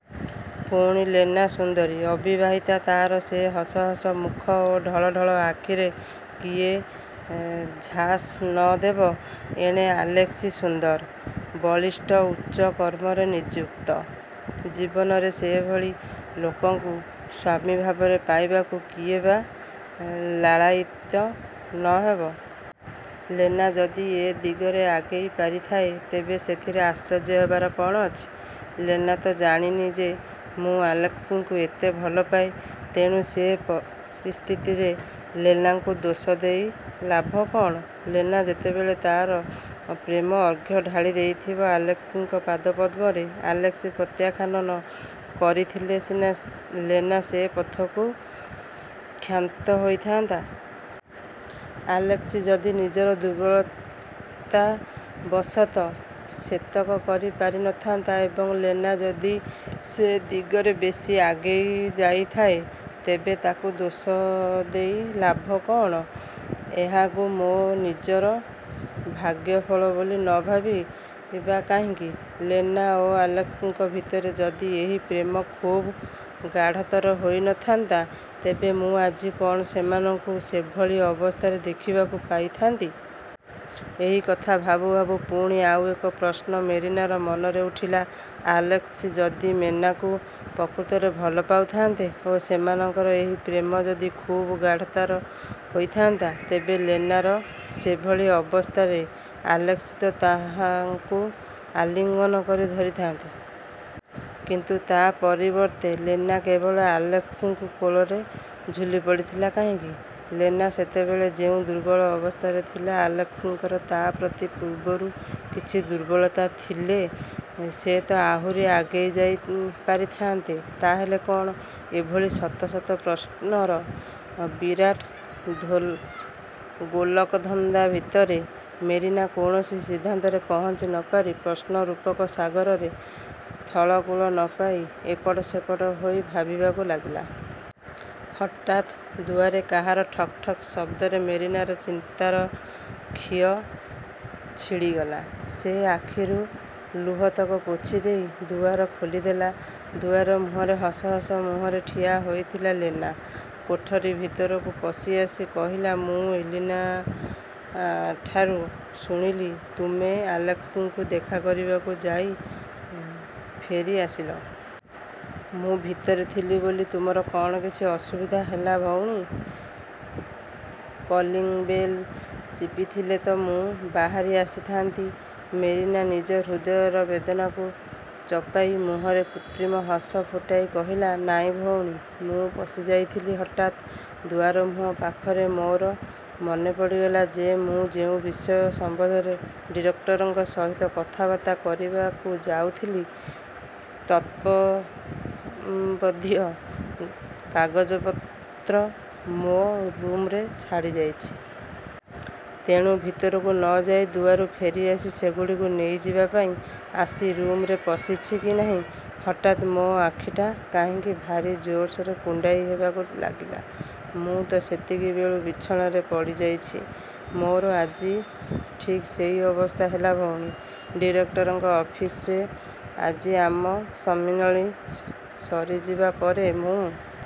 ପୁଣି ଲେନା ସୁନ୍ଦରୀ, ଅବିବାହିତା, ତା'ର ସେ ହସହସ ମୁଖ ଓ ଢଳଢଳ ଆଖିରେ କିଏ ଝାସ ନ ଦେବ? ଏଣେ ଆଲେସ୍କି ସୁନ୍ଦର, ବଳିଷ୍ଠ, ଉଚ୍ଚ କର୍ମରେ ନିଯୁକ୍ତ। ଜୀବନରେ ସେ ଭଳି ଲୋକକୁ ସ୍ୱାମୀ ଭାବରେ ପାଇବାକୁ କିଏ ବା ଲାଳାୟିତ ନ ହେବ? ଲେନା ଯଦି ଏ ଦିଗରେ ଆଗେଇ ପାରିଥାଏ, ତେବେ ସେଥିରେ ଆଶ୍ଚର୍ଯ୍ୟ ହେବାର କ'ଣ ଅଛି? ଲେନା ତ ଜାଣିନି ଯେ ମୁଁ ଆଲେସ୍କିଙ୍କୁ ଏତେ ଭଲ ପାଏ। ତେଣୁ ସେ ପରିସ୍ଥିତିରେ ଲେନାକୁ ଦୋଷ ଦେଇ ଲାଭ କଅଣ? ଲେନା ଯେତେବେଳେ ତା'ର ପ୍ରେମଅର୍ଘ୍ୟ ଢାଳି ଦେଇଥିବ ଆଲେସ୍କିଙ୍କ ପାଦପଦ୍ମରେ, ଆଲେସ୍କି ପ୍ରତ୍ୟାଖ୍ୟାନ କରିଥିଲେ ସିନା ଲେନା ସେ ପଥରୁ କ୍ଷାନ୍ତ ହୋଇଥାନ୍ତା। ଆଲେସ୍କି ଯଦି ନିଜର ଦୁର୍ବଳତାବଶତଃ ସେତକ କରି ପାରି ନ ଥାନ୍ତି ଏବଂ ଲେନା ଯଦି ସେ ଦିଗରେ ବେଶୀ ଆଗେଇ ଯାଇଥାଏ, ତେବେ ତାକୁ ଦୋଷ ଦେଇ ଲାଭ କଅଣ? ଏହାକୁ ମୋ ନିଜର ଭାଗ୍ୟଫଳ ବୋଲି ନ ଭାବି ବା କାହିଁକି? ଲେନା ଓ ଆଲେସ୍କିଙ୍କ ଭିତରେ ଯଦି ଏହି ପ୍ରେମ ଖୁବ୍ ଗାଢ଼ତର ହୋଇ ନ ଥାନ୍ତା, ତେବେ ମୁଁ ଆଜି କ'ଣ ସେମାନଙ୍କୁ ସେଭଳି ଅବସ୍ଥାରେ ଦେଖିବାକୁ ପାଇଥାନ୍ତି? ' ଏହି କଥା ଭାବୁଁ ଭାବୁଁ ପୁଣି ଆଉ ଏକ ପ୍ରଶ୍ନ ମେରିନାର ମନରେ ଉଠିଲା, 'ଆଲେସ୍କି ଯଦି ଲେନାକୁ ପ୍ରକୃତରେ ଭଲ ପାଉଥାନ୍ତେ ଓ ସେମାନଙ୍କର ଏହି ପ୍ରେମ ଯଦି ଖୁବ୍ ଗାଢ଼ତର ହୋଇଥାନ୍ତା, ତେବେ ଲେନାର ସେଭଳି ଅବସ୍ଥାରେ ଆଲେସ୍କି ତ ତାହାକୁ ଆଲିଙ୍ଗନ କରି ଧରିଥାନ୍ତେ? କିନ୍ତୁ ତା'ପରିବର୍ତ୍ତରେ ଲେନା କେବଳ ଆଲେସ୍କିଙ୍କ କୋଳରେ ଝୁଲିପଡ଼ିଥିଲା କାହିଁକି-? ଲେନା ସେତେବେଳେ ଯେଉଁ ଦୁର୍ବଳ ଅବସ୍ଥାରେ ଥିଲା, ଆଲେସ୍କିଙ୍କର ତା'ପ୍ରତି ପୂର୍ବରୁ କିଛି ଦୁର୍ବଳତା ଥିଲେ, ସେତ ଆହୁରି ଆଗେଇଯାଇ ପାରିଥାନ୍ତେ! ତାହେଲେ କ'ଣ? ' ଏଭଳି ଶତ ଶତ ପ୍ରଶ୍ନର ବିରାଟ ଗୋଲକଧନ୍ଦା ଭିତରେ ମେରିନା କୌଣସି ସିଦ୍ଧାନ୍ତରେ ପହଞ୍ଚି ନ ପାରି ପ୍ରଶ୍ନରୂପକ ସାଗରରେ ଥଳକୂଳ ନ ପାଇ ଏପଟ ସେପଟ ହୋଇ ଭାବିବାକୁ ଲାଗିଲା। ହଠାତ୍ ଦୁଆରେ କାହାର ଠକ୍ ଠକ୍ ଶବ୍ଦରେ ମେରିନାର ଚିନ୍ତାର ଖିଅ ଛିଡ଼ିଗଲା। ସେ ଆଖିରୁ ଲୁହତକ ପୋଛିଦେଇ ଦୁଆର ଖୋଲିଦେଲା। ଦୁଆର ମୁହଁରେ ହସହସ ମୁହଁରେ ଠିଆ ହୋଇଥିଲା ଲେନା। କୋଠରି ଭିତରକୁ ପଶିଆସି କହିଲା–''ମୁଁ ଏଲିନାଠାରୁ ଶୁଣିଲି ତୁମେ। ଆଲେସ୍କିଙ୍କୁ ଦେଖାକରିବାକୁ ଯାଇ ଫେରିଆସିଲ? ମୁଁ ଭିତରେ ଥିଲି ବୋଲି ତୁମର କ'ଣ କିଛି ଅସୁବିଧା ହେଲା ଭଉଣୀ? କଲିଙ୍ଗ୍ ବେଲ୍ ଚିପିଥିଲେ ତ ମୁଁ ବାହାରି ଆସିଥାନ୍ତି। '' ମେରିନା ନିଜ ହୃଦୟର ବେଦନାକୁ ଚପାଇ ମୁହଁରେ କୃତ୍ରିମ ହସ ଫୁଟାଇ କହିଲା, ''ନାଇଁ ଭଉଣୀ, ମୁଁ ପଶିଯାଉଥିଲି, ହଠାତ୍ ଦୁଆରମୁହଁ ପାଖରେ ମୋର ମନେ ପଡ଼ିଗଲା ଯେ ମୁଁ ଯେଉଁ ବିଷୟ ସମ୍ବନ୍ଧରେ ଡିରେକ୍ଟରଙ୍କ ସହିତ କଥାବାର୍ତ୍ତା କରିବାକୁ ଯାଉଥିଲି ତତ୍ସମ୍ବନ୍ଧୀୟ କାଗଜପତ୍ର ମୋ ରୁମ୍ରେ ଛାଡ଼ିଯାଇଛି। ତେଣୁ ଭିତରକୁ ନ ଯାଇ ଦୁଆରୁ ଫେରିଆସିଲି ସେଗୁଡ଼ିକୁ ନେଇଯିବାପାଇଁ। ଆସି ରୁମ୍ରେ ପଶିଛି କି ନାହିଁ, ହଠାତ୍ ମୋ ଆଖିଟା କାହିଁକି ଭାରି ଜୋରରେ କୁଣ୍ଡାଇ ହେବାକୁ ଲାଗିଲା। ମୁଁ ତ ସେତିକି ବେଳୁ ବିଛଣାରେ ପଡ଼ିଯାଇଛି। '' ''ମୋର ଆଜି ଠିକ୍ ସେଇ ଅବସ୍ଥା ହେଲା ଭଉଣୀ। ଡିରେକ୍ଟରଙ୍କ ଅଫିସରେ ଆଜି ଆମ ସମ୍ମିଳନୀ ସରିଯିବା ପରେ, ମୁଁ